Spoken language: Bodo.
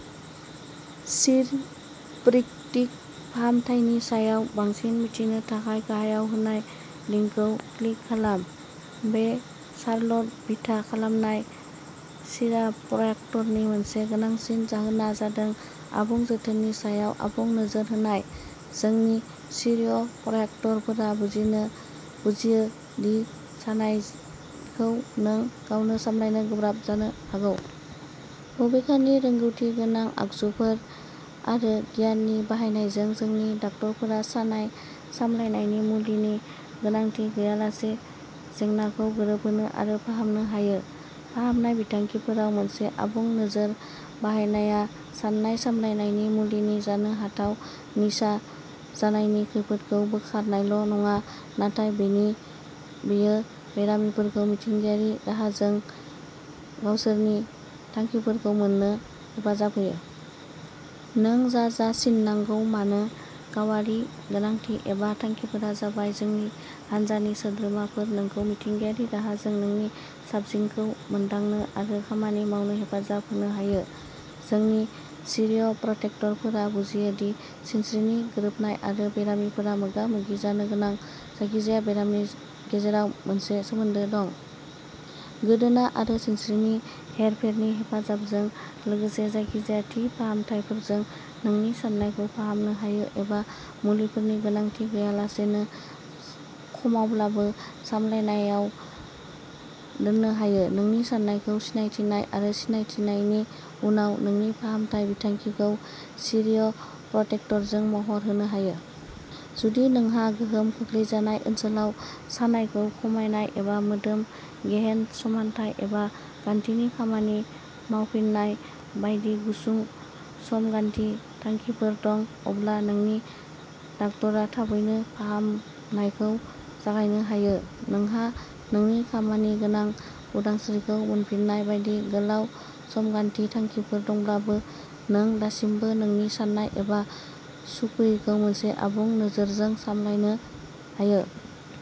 चिरप्रैक्टिक फाहामथायनि सायाव बांसिन मिथिनो थाखाय गाहायाव होनाय लिंकखौ क्लिक खालाम। बे शार्लट बिथा खालामनाय चिरप्र्याक्टरनि मोनसे गोनांसिन जाहोनआ जादों आबुं जोथोननि सायाव आबुं नोजोर होनाय। जोंनि चिरप्र्याक्टरफोरा बुजियो दि सानायखौ नों गावनो सामलायनो गोब्राब जानो हागौ। बबेखानि, रोंग'थिगोनां आगजुफोर आरो गियाननि बाहायनायजों, जोंनि डक्टरफोरा सानाय सामलायनायनि मुलिनि गोनांथि गैयालासे जेंनाखौ गोरोबहोनो आरो फाहामनो हायो। फाहामनाय बिथांखिफोराव मोनसे आबुं नोजोर बाहायनाया सानाय सामलायनायनि मुलिनि जानो हाथाव निसा जानायनि खैफोदखौ बोखारनायल'नङा, नाथाय बेयो बेरामिफोरखौ मिथिंगायारि राहाजों गावसोरनि थांखिफोरखौ मोन्नो हेफाजाब होयो। नों जा जा सिनांगौ मानो। गावारि गोनांथि एबा थांखिफोरा जाबाय, जोंनि हानजानि सोद्रोमाफोरा नोंखौ मिथिंगायारि राहाजों नोंनि साबसिनखौ मोनदांनो आरो खामानि मावनो हेफाजाब होनो हायो। जोंनि चिरप्रेक्टरफोरा बुजियो दि सिनस्रिनि गोरोबनाय आरो बेरामिफोरा मोगा-मोगि जानो गोनां जायखिजाया बेरामनि गेजेराव मोनसे सोमोन्दो दं। गोदोना आरो सिनस्रिनि हेरफेरनि हेफाजाबजों, लोगोसे जायखिजाया थि फाहामथायफोरजों, नोंनि सानायखौ फाहामनो हायो एबा मुलिफोरनि गोनांथि गैयालासेनो खमावब्लाबो सामलायनायाव दोननो हायो। नोंनि सानायखौ सिनायथिनाय आरो सिनायथिनायनि उनाव, नोंनि फाहामथाय बिथांखिखौ चिरप्रेक्टरजों महर होनो हायो। जुदि नोंहा गोहोम खोख्लैजानाय ओनसोलाव सानायखौ खमायनाय एबा मोदोम गेहेन समानथाय एबा गान्थिनि खामानि मावफिन्नाय बायदि गुसुं समगान्थि थांखिफोर दं, अब्ला नोंनि डाक्टारआ थाबैनो फाहामनायखौ जागायनो हायो। नोंहा नोंनि खामानिगोनां उदांस्रिखौ मोनफिननाय बायदि गोलाव समगान्थि थांखिफोर दंब्लाबो, नों दासिमबो नोंनि सानाय एबा सुखुयैखौ मोनसे आबुं नोजोरजों सामलायनो हायो।